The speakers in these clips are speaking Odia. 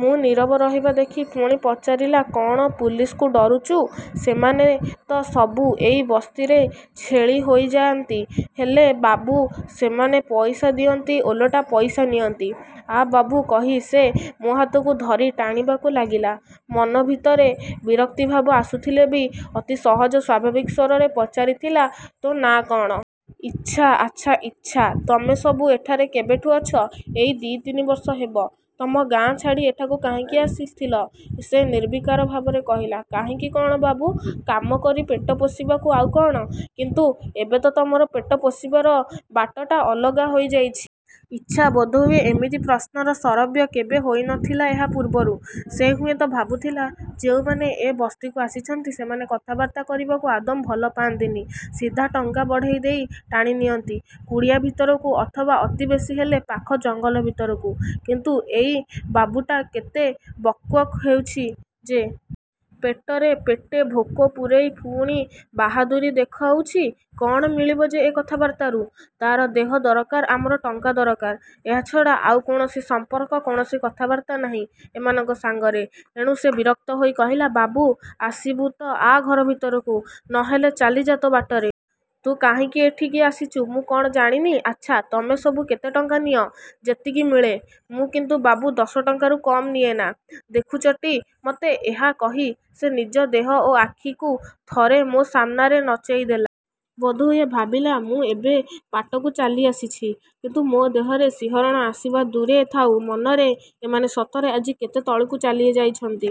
ମୁଁ ନୀରବ ରହିବା ଦେଖି ପୁଣି ପଚାରିଲା–କ'ଣ ପୁଲିସ୍କୁ ଡରୁଚୁ? ସେମାନେ ତ ସବୁ ଏଇ ବସ୍ତିରେ ଛେଳି ହୋଇଯାଆନ୍ତି। ହେଲେ ବାବୁ ସେମାନେ ପଇସା ଦିଅନ୍ତନି ଓଲଟା ପଇସା ନିଅନ୍ତି। ଆ ବାବୁ, କହି ସେ ମୋ'ହାତକୁ ଧରି ଟାଣିବାକୁ ଲାଗିଲା। ମନ ଭିତରେ ବିରକ୍ତିଭାବ ଆସୁଥିଲେ ବି ଅତି ସହଜ, ସ୍ଵାଭାବିକ ସ୍ଵରରେ ପଚାରିଥିଲି–ତୋ ନାଆ କ'ଣ? ଇଚ୍ଛା! ଆଚ୍ଛା ଇଚ୍ଛା, ତମେସବୁ ଏଠାରେ କେବେଠୁଁ ଅଛ? ଏଇ ଦି' ତିନିବର୍ଷ ହେବ। ତମ ଗାଆଁ ଛାଡ଼ି ଏଠାକୁ କାହିଁକି ଆସିଥିଲ? ସେ ନିର୍ବିକାର ଭାବରେ କହିଲା–କାହିଁକି କ'ଣ ବାବୁ, କାମ କରି ପେଟ ପୋଷିବାକୁ, ଆଉ କ'ଣ? କିନ୍ତୁ ଏବେ ତ ତମର ପେଟ ପୋଷିବାର ବାଟଟା ଅଲଗା ହୋଇଯାଇଛି। ଇଚ୍ଛା ବୋଧହୁଏ ଏମିତି ପ୍ରଶ୍ନର ଶରବ୍ୟ କେବେ ହୋଇନଥିଲା ଏହା ପୂର୍ବରୁ। ସେ ହୁଏତ ଭାବୁଥିଲା–ଯେଉଁମାନେ ଏ ବସ୍ତିକୁ ଆସିଛନ୍ତି ସେମାନେ କଥାବାର୍ତ୍ତା କରିବାକୁ ଆଦୌ ଭଲ ପାଆନ୍ତିନି। ସିଧା ଟଙ୍କା ବଢ଼େଇ ଦେଇ ଟାଣି ନିଅନ୍ତି କୁଡ଼ିଆ ଭିତରକୁ ଅଥବା ଅତି ବେଶୀ ହେଲେ ପାଖ ଜଙ୍ଗଲ ଭିତରକୁ; କିନ୍ତୁ ଏଇ ବାବୁଟା କେତେ ବକ୍ବକ୍ ହେଉଚି ଯେ। ପେଟରେ ପେଟେ ଭୋକ ପୁରେଇ ପୁଣି ବାହାଦୂରୀ ଦେଖାଉଚି। କ'ଣ ମିଳିବ ଯେ ଏ କଥାବାର୍ତ୍ତାରୁ। ତା'ର ଦେହ ଦରକାର ଆମର ଟଙ୍କା ଦରକାର। ଏହାଛଡ଼ା ଆଉ କୌଣସି ସମ୍ପର୍କ, କୌଣସି କଥାବାର୍ତ୍ତା ନାହିଁ ଏମାନଙ୍କ ସାଙ୍ଗରେ। ଏଣୁ ସେ ବିରକ୍ତ ହୋଇ କହିଲା–ବାବୁ, ଆସିବୁ ତ ଆ ଘର ଭିତରକୁ, ନ ହେଲେ ଚାଲିଯା' ତୋ' ବାଟରେ। ତୁ କାହିଁକି ଏଠିକି ଆସିଚୁ ମୁଁ କ'ଣ ଜାଣିନି? ଆଚ୍ଛା, ତମେ ସବୁ କେତେ ଟଙ୍କା ନିଅ? ଯେତିକି ମିଳେ। ମୁଁ କିନ୍ତୁ ବାବୁ ଦଶଟଙ୍କାରୁ କମ୍ ନିଏନା। ଦେଖୁଚଟି ମତେ? ଏହା କହି ସେ ନିଜ ଦେହ ଓ ଆଖିକୁ ଥରେ ମୋ' ସାମ୍ନାରେ ନଚେଇ ଦେଲା। ବୋଧହୁଏ ଭାବିଲା ମୁଁ ଏବେ ବାଟକୁ ଚାଲି ଆସିଛି। କିନ୍ତୁ ମୋ' ଦେହରେ ଶିହରଣ ଆସିବା ଦୂରେ ଥାଉ ମନରେ... ଏମାନେ ସତରେ ଆଜି କେତେ ତଳକୁ ଚାଲିଯାଇଛନ୍ତି।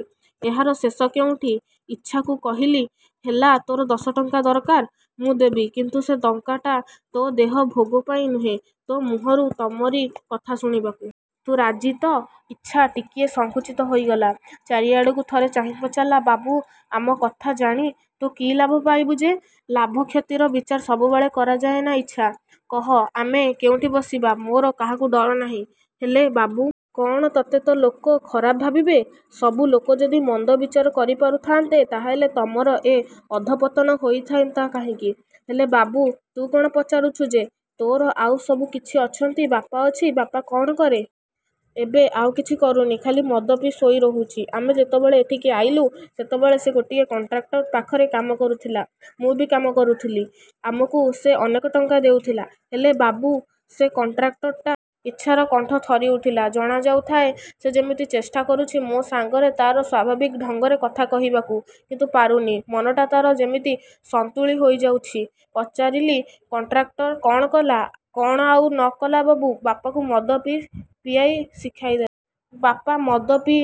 ଏହାର ଶେଷ କେଉଁଠି? ଇଚ୍ଛାକୁ କହିଲି–ହେଲା ତୋର ଦଶଟଙ୍କା ଦରକାର, ମୁଁ ଦେବି; କିନ୍ତୁ ସେ ଟଙ୍କାଟା ତୋ ଦେହ ଭୋଗ ପାଇଁ ନୁହେ, ତୋ ମୁହଁରୁ ତମରି କଥା ଶୁଣିବାକୁ। ତୁ ରାଜି ତ? ଇଚ୍ଛା ଟିକିଏ ସଙ୍କୁଚିତ ହୋଇଗଲା। ଚାରିଆଡ଼କୁ ଥରେ ଚାହିଁ ପଚାରିଲା–ବାବୁ, ଆମ କଥା ଜାଣି ତୁ କି ଲାଭ ପାଇବୁ ଯେ? ଲାଭ–କ୍ଷତିର ବିଚାର ସବୁବେଳେ କରାଯାଏନା ଇଚ୍ଛା। କହ ଆମେ କେଉଁଠି ବସିବା। ମୋର କାହାକୁ ଡର ନାହିଁ ହେଲେ ବାବୁ... କ'ଣ? ତୋତେ ତ ଲୋକ। ଖରାପ ଭାବିବେ। ସବୁ ଲୋକ ଯଦି–ମନ୍ଦ ବିଚାର କରି ପାରୁଥାନ୍ତେ ତା'ହେଲେ ତମର ଏ ଅଧପତନ ହୋଇଥାନ୍ତା କାହିଁକି? ହେଲେ ବାବୁ ତୁ କ'ଣ ପଚାରିବୁ ଯେ? ତୋର ଆଉ ସବୁ କିଏ ଅଛନ୍ତି? ବାପା ଅଛି। ବାପା କ'ଣ କରେ? ଏବେ ଆଉ କିଛି କରୁନି। ଖାଲି ମଦ ପିଇ ଶୋଇ ରହୁଛି। ଆମେ ଯେତେବେଳେ ଏଠିକି ଆଇଲୁ ସେତେବେଳେ ସେ ଗୋଟିଏ କଣ୍ଟ୍ରାକ୍ଟର ପାଖରେ କାମ କରୁଥିଲା। ମୁଁ ବି କାମ କରୁଥିଲି। ଆମକୁ ସେ ଅନେକ ଟଙ୍କା ଦେଉଥିଲା। ହେଲେ ବାବୁ ସେ କଣ୍ଟ୍ରାକ୍ଟରଟା... ଇଚ୍ଛାର କଣ୍ଠ ଥରିଉଠିଲା। ଜଣାଯାଉଥାଏ ସେ ଯେମିତି ଚେଷ୍ଟା କରୁଛି ମୋ'ସାଙ୍ଗରେ ତା'ର ସ୍ଵାଭାବିକ ଢଙ୍ଗରେ; କଥା କହିବାକୁ; କିନ୍ତୁ ପାରୁନି। ମନଟା ତା'ର ଯେମିତି ସନ୍ତୁଳି ହୋଇଯାଉଛି। ପଚାରିଲି–କଣ୍ଟ୍ରାକ୍ଟର କ'ଣ କଲା? କ'ଣ ଆଉ ନ କଲା ବାବୁ! ବାପାକୁ ମଦ ପିଆଇ ଶିଖାଇଲା। ବାପା ମଦ ପିଇ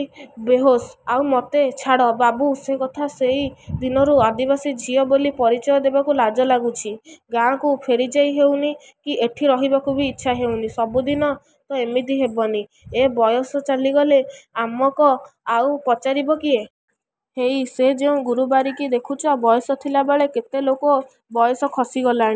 ବେହୋସ। ଆଉ ମୋତେ...। ଛାଡ଼ ବାବୁ ସେ କଥା ସେଇ ଦିନରୁ ଆଦିବାସୀ ଝିଅ ବୋଲି ପରିଚୟ ଦେବାକୁ ଲାଜ ଲାଗୁଚି। ଗାଆଁକୁ ଫେରିଯାଇ ହେଉନି କି ଏଠି ରହିବାକୁ ବି ଇଚ୍ଛା ହେଉନି। ସବୁଦିନ ତ ଏମିତି ହେବନି। ଏ ବୟସ ଚାଲିଗଲେ ଆମକ ଆଉ ପଚାରିବ କିଏ? ହେଇ ସେ ଯେଉଁ ଗୁରୁବାରୀକି ଦେଖୁଚ, ବୟସ ଥିଲା ବେଳେ କେତେ ଲୋକ... ବୟସ ଖସିଗଲାଣି।